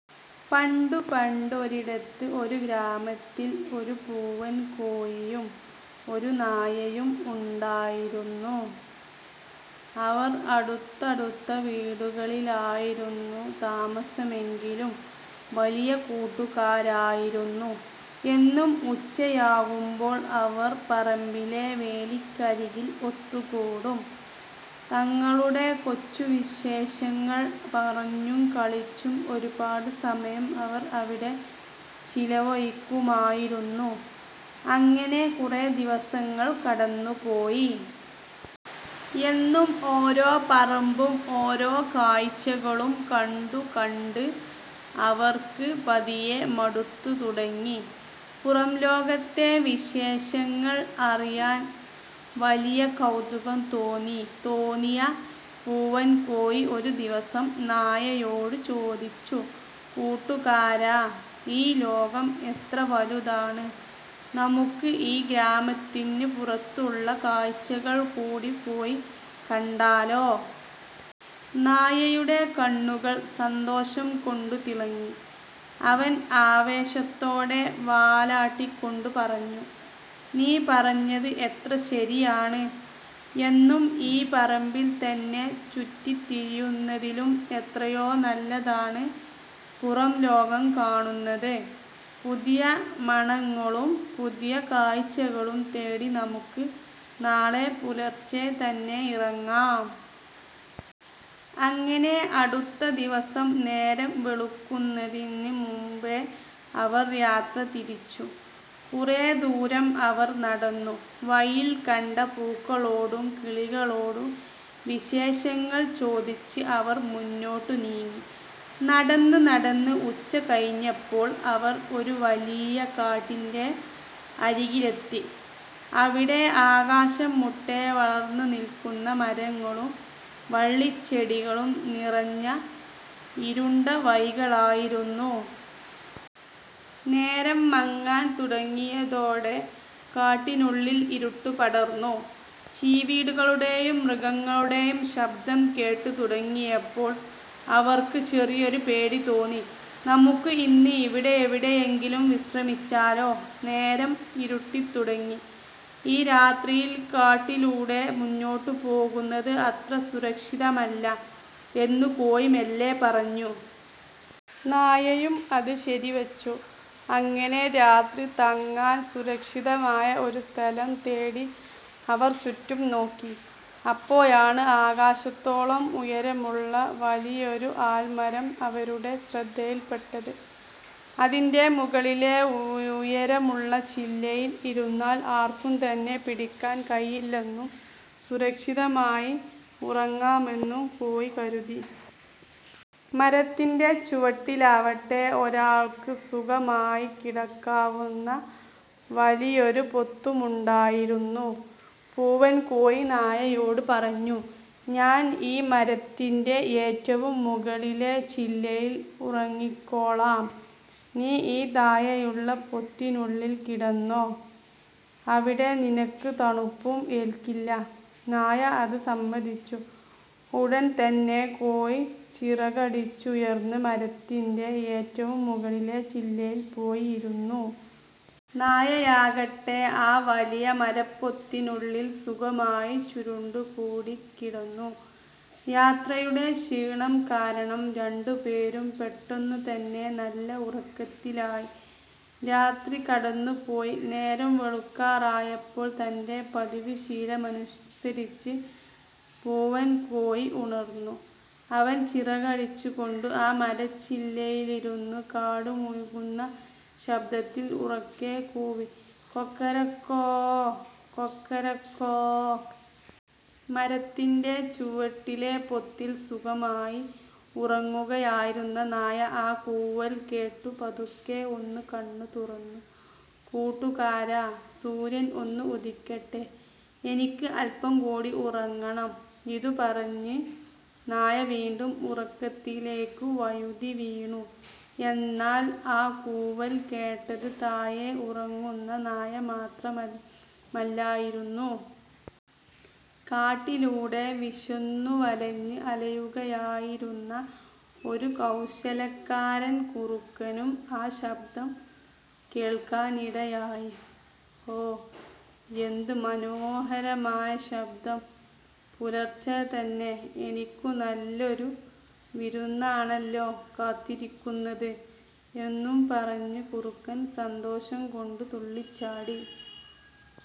പണ്ടു പണ്ടൊരിടത്ത് ഒരു ചെറിയ ഗ്രാമത്തിൽ ഒരു പൂവൻകോഴിയും ഒരു നായയും ഉണ്ടായിരുന്നു. അവർ അടുത്തടുത്ത വീടുകളിലായിരുന്നു താമസമെങ്കിലും വലിയ കൂട്ടുകാരായിരുന്നു. എന്നും ഉച്ചയാകുമ്പോൾ അവർ പറമ്പിലെ വേലിക്കരികിൽ ഒത്തുകൂടും. തങ്ങളുടെ കൊച്ചു വിശേഷങ്ങൾ പറഞ്ഞും കളിച്ചും ഒരുപാട് സമയം അവർ അവിടെ ചിലവഴിക്കുമായിരുന്നു. അങ്ങനെ കുറെ ദിവസങ്ങൾ കടന്നുപോയി. എന്നും ഒരേ പറമ്പും ഒരേ കാഴ്ചകളും കണ്ടു കണ്ട് അവർക്ക് പതിയെ മടുത്തു തുടങ്ങി. പുറംലോകത്തെ വിശേഷങ്ങൾ അറിയാൻ വലിയ കൗതുകം തോന്നിയ പൂവൻകോഴി ഒരു ദിവസം നായയോട് ചോദിച്ചു: "കൂട്ടുകാരാ, ഈ ലോകം എത്ര വലുതാണ്! നമുക്ക് ഈ ഗ്രാമത്തിന് പുറത്തുള്ള കാഴ്ചകൾ കൂടി പോയി കണ്ടാലോ? " നായയുടെ കണ്ണുകൾ സന്തോഷം കൊണ്ട് തിളങ്ങി. അവൻ ആവേശത്തോടെ വാലാട്ടിക്കൊണ്ട് പറഞ്ഞു: "നീ പറഞ്ഞത് എത്ര ശരിയാണ്! എന്നും ഈ പറമ്പിൽ തന്നെ ചുറ്റിത്തിരിയുന്നതിലും എത്രയോ നല്ലതാണ് പുറംലോകം കാണുന്നത്. പുതിയ മണങ്ങളും പുതിയ കാഴ്ചകളും തേടി നമുക്ക് നാളെ പുലർച്ചെ തന്നെ ഇറങ്ങാം! " അങ്ങനെ അടുത്ത ദിവസം നേരം വെളുക്കുന്നതിന് മുൻപേ അവർ യാത്ര തിരിച്ചു. കുറെ ദൂരം അവർ നടന്നു. വഴിയിൽ കണ്ട പൂക്കളോടും കിളികളോടും വിശേഷങ്ങൾ ചോദിച്ച് അവർ മുന്നോട്ട് നീങ്ങി. നടന്ന് നടന്ന് ഉച്ച കഴിഞ്ഞപ്പോൾ അവർ ഒരു വലിയ കാടിന്റെ അരികിലെത്തി. അവിടെ ആകാശം മുട്ടെ വളർന്നു നിൽക്കുന്ന മരങ്ങളും വള്ളിച്ചെടികളും നിറഞ്ഞ ഇരുണ്ട വഴികളായിരുന്നു. നേരം മങ്ങാൻ തുടങ്ങിയതോടെ കാടിനുള്ളിൽ ഇരുട്ട് പടർന്നു. ചീവീടുകളുടെയും മൃഗങ്ങളുടെയും ശബ്ദം കേട്ട് തുടങ്ങിയപ്പോൾ അവർക്ക് ചെറിയൊരു പേടി തോന്നി. "നമുക്ക് ഇന്ന് ഇവിടെ എവിടെയെങ്കിലും വിശ്രമിച്ചാലോ? നേരം ഇരുട്ടിത്തുടങ്ങി, ഈ രാത്രിയിൽ കാട്ടിലൂടെ മുന്നോട്ട് പോകുന്നത് അത്ര സുരക്ഷിതമല്ല," എന്ന് കോഴി മെല്ലെ പറഞ്ഞു. നായയും അത് ശരിവച്ചു. അങ്ങനെ രാത്രി തങ്ങാൻ സുരക്ഷിതമായ ഒരു സ്ഥലം തേടി അവർ ചുറ്റും നോക്കി. അപ്പോഴാണ് ആകാശത്തോളം ഉയരമുള്ള വലിയൊരു ആൽമരം അവരുടെ ശ്രദ്ധയിൽപ്പെട്ടത്. അതിന്റെ മുകളിലെ ഉയരമുള്ള ചില്ലയിൽ ഇരുന്നാൽ ആർക്കും തന്നെ പിടിക്കാൻ കഴിയില്ലെന്നും സുരക്ഷിതമായി ഉറങ്ങാമെന്നും കോഴി കരുതി. മരത്തിന്റെ ചുവട്ടിലാകട്ടെ, ഒരാൾക്ക് സുഖമായി കിടക്കാവുന്ന വലിയൊരു പൊത്തുമുണ്ടായിരുന്നു. പൂവൻകോഴി നായയോട് പറഞ്ഞു, "ഞാൻ ഈ മരത്തിന്റെ ഏറ്റവും മുകളിലെ ചില്ലയിൽ ഉറങ്ങിക്കോളാം. നീ ഈ താഴെയുള്ള പൊത്തിനുള്ളിൽ കിടന്നോ, അവിടെ നിനക്ക് തണുപ്പും ഏൽക്കില്ല. " നായ അത് സമ്മതിച്ചു. ഉടൻ തന്നെ കോഴി ചിറകടിച്ചുയർന്ന് മരത്തിന്റെ ഏറ്റവും മുകളിലെ ചില്ലയിൽ പോയി ഇരുന്നു. നായയാകട്ടെ, ആ വലിയ മരപ്പൊത്തിനുള്ളിൽ സുഖമായി ചുരുണ്ടുകൂടി കിടന്നു. യാത്രയുടെ ക്ഷീണം കാരണം രണ്ടുപേരും പെട്ടെന്നുതന്നെ നല്ല ഉറക്കത്തിലായി. രാത്രി കടന്നുപോയി. നേരം വെളുക്കാറായപ്പോൾ, തന്റെ പതിവ് ശീലമനുസരിച്ച് പൂവൻകോഴി ഉണർന്നു. അവൻ ചിറകടിച്ചു കൊണ്ട് ആ മരച്ചില്ലയിലിരുന്ന് കാട് മുഴങ്ങുന്ന ശബ്ദത്തിൽ ഉറക്കെ കൂവി: "കൊക്കരക്കോ… കൊക്കരക്കോ…! '" മരത്തിന്റെ ചുവട്ടിലെ പൊത്തിൽ സുഖമായി ഉറങ്ങുകയായിരുന്ന നായ ആ കൂവൽ കേട്ട് പതുക്കെ ഒന്നു കണ്ണ് തുറന്നു. "കൂട്ടുകാരാ, സൂര്യൻ ഒന്ന് ഉദിക്കട്ടെ, എനിക്ക് അല്പം കൂടി ഉറങ്ങണം," ഇതും പറഞ്ഞ് നായ വീണ്ടും ഉറക്കത്തിലേക്ക് വഴുതിവീണു. എന്നാൽ ആ കൂവൽ കേട്ടത് താഴെ ഉറങ്ങുന്ന നായ മാത്രമല്ലായിരുന്നു. കാട്ടിലൂടെ വിശന്നു വലഞ്ഞ് അലയുകയായിരുന്ന ഒരു കൗശലക്കാരൻ കുറുക്കനും ആ ശബ്ദം കേൾക്കാനിടയായി. 'ഹോ! എന്തൊരു മനോഹരമായ ശബ്ദം! പുലർച്ചെ തന്നെ എനിക്ക് നല്ലൊരു വിരുന്നാണല്ലോ കാത്തിരിക്കുന്നത്! ' എന്നും പറഞ്ഞ് കുറുക്കൻ സന്തോഷം കൊണ്ട് തുള്ളിച്ചാടി.